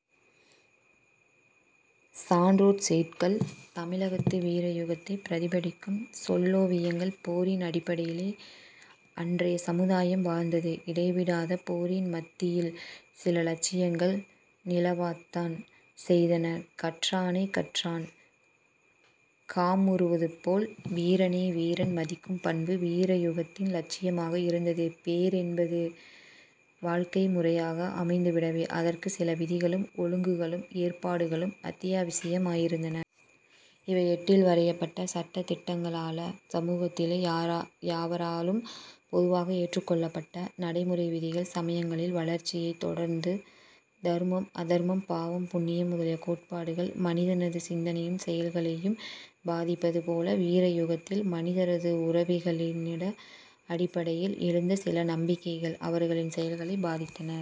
" சான்றோர் செய்யுட்கள் தமிழகத்து வீரயுகத்தை பிரதிபலிக்கும் சொல்லோவியங்கள். போரின் அடிப்படையிலேயே அன்றைய சமுதாயம் வாழ்ந்தது. இடைவிடாத போரின் மத்தியில் சில இலட்சியங்கள் நிலவாத்தான் செய்தன. கற்றானைக் கற்றான் காமுறுவதுபோல் வீரனை வீரன் மதிக்கும் பண்பு வீரயுகத்தின் இலட்சியமாக இருந்தது. போரென்பது வாழ்க்கை முறையாக அமைந்துவிடவே அதற்குச் சில விதிகளும், ஒழுங்குகளும், ஏற்பாடுகளும், அத்தியாவசியமாயிருந்தன. இவை ஏட்டில் வரையப்பட்ட சட்டதிட்டங்களல்ல. சமூகத்திலே யாவராலும் பொதுவாக ஏற்றுக்கொள்ளப்பட்ட நடைமுறை விதிகள். சமயங்களின் வளர்ச்சியைத் தொடர்ந்து தர்மம், அதர்மம், பாவம், புண்ணியம் முதலிய கோட்பாடுகள் மனிதனது சிந்தனைகளையும், செயல்களையும் பாதிப்பது போல வீரயுகத்திலே மனிதரது உறவுகளினடிப்படையிலே எழுந்த சில நம்பிக்கைகள் அவர்களின் செயல்களைப் பாதித்தன.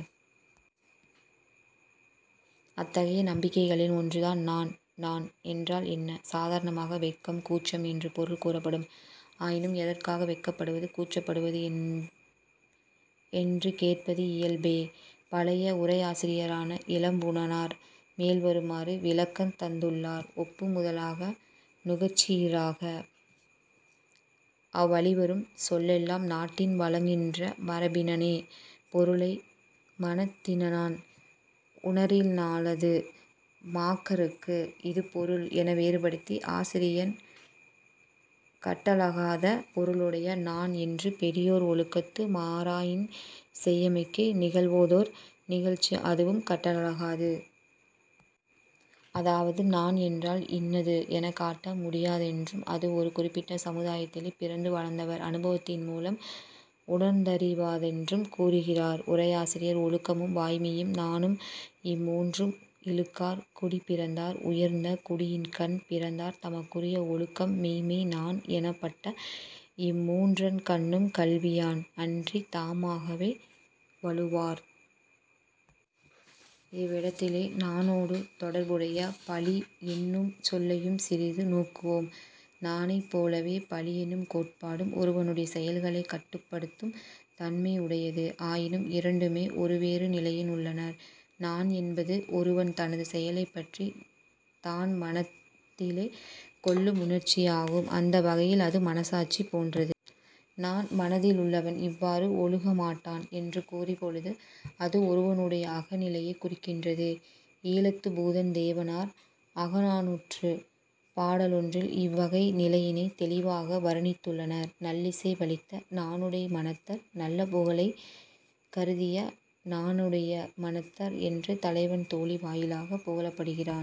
அத்தகைய நம்பிக்கைகளில் ஒன்றுதான் நாண். நாண் என்றால் என்ன? சாதாரணமாக வெட்கம், கூச்சம் என்று பொருள் கூறப்படும். ஆயினும் எதற்காக, வெட்கப்படுவது, கூச்சப்படுவது என்று கேட்பது இயல்பே. பழைய உரையாசிரியரான இளம்பூரணர் மேல்வருமாறு விளக்கந் தந்துள்ளார். "ஒப்பு முதலாக நுகர்ச்சியீறாக அவ்வழிவரும் சொல்லெல்லாம் நாட்டின் வழங்குகின்ற மரபினானே பொருளை மனத்தினான் உணரினால்லது மாணாக்கர்க்கு இது பொருள் என வேறுபடுத்தி ஆசிரியன் காட்டலாகாத பொருளுடைய 'நாண்' என்றது பெரியோர் ஒழுக்கத்து மாறாயின் செய்யாமைக்கு நிகழ்வதோர் நிகழ்ச்சி; அதுவும் காட்டலாகாது. " அதாவது நாண் என்றால் இன்னது எனக் காட்ட முடியாதென்றும், அது ஒரு குறிப்பிட்ட சமுதாயத்திலே பிறந்து வளர்ந்தவர் அனுபவத்தின் மூலம் உணர்ந்தறிவதென்றும் கூறுகின்றார், உரையாசிரியர். "ஒழுக்கமும், வாய்மையும், நாணும் இம்மூன்றும் இழுக்கார் குடிப்பிறந்தார். "உயர்ந்த குடியின்கண் பிறந்தார் தமக்குரிய ஒழுக்கம், மெய்மை, நாண் எனப்பட்ட இம்மூன்றன் கண்ணும் கல்வியான் அன்றித் தா மாகவே வழுவார். " இவ்விடத்திலே நாணோடு தொடர்புடைய பழி என்னுஞ் சொல்லையும் சிறிது நோக்குவோம். நாணைப் போலவே பழியென்னும் கோட்பாடும் ஒருவனுடைய செயல்களைக் கட்டுப்படுத்துந் தன்மை யுடையது. ஆயினும் இரண்டும் ஒருவேறு நிலையிலுள்ளன. நாண் என்பது ஒருவன் தனது செயலைப் பற்றித் தான் மளத்திலே கொள்ளும் உணர்ச்சியாகும். அந்த வகையில் அது மனச்சாட்சி போன்றது. நாண் மனத்திலுள்ளவன் இவ்வாறு ஒழுகமாட்டான் எனக் கூறும் பொழுது அது ஒருவனுடைய அக நிலையைக் குறிக்கின்றது. ஈழத்துப் பூதன் தேவனார் அகநானூற்றுப் பாடலொன்றில் இவ்வகை நிலையினைத் தௌிவாக வர்ணித்துள்ளனர். "நல்லிசை வலித்த நாணுடை மனத்தர்" 'நல்ல புகழைக் கருதிய நாணையுடைய மனத்தர்' என்று தலைவன் தோழி வாயிலாகப் புகழப்படுகிறான்.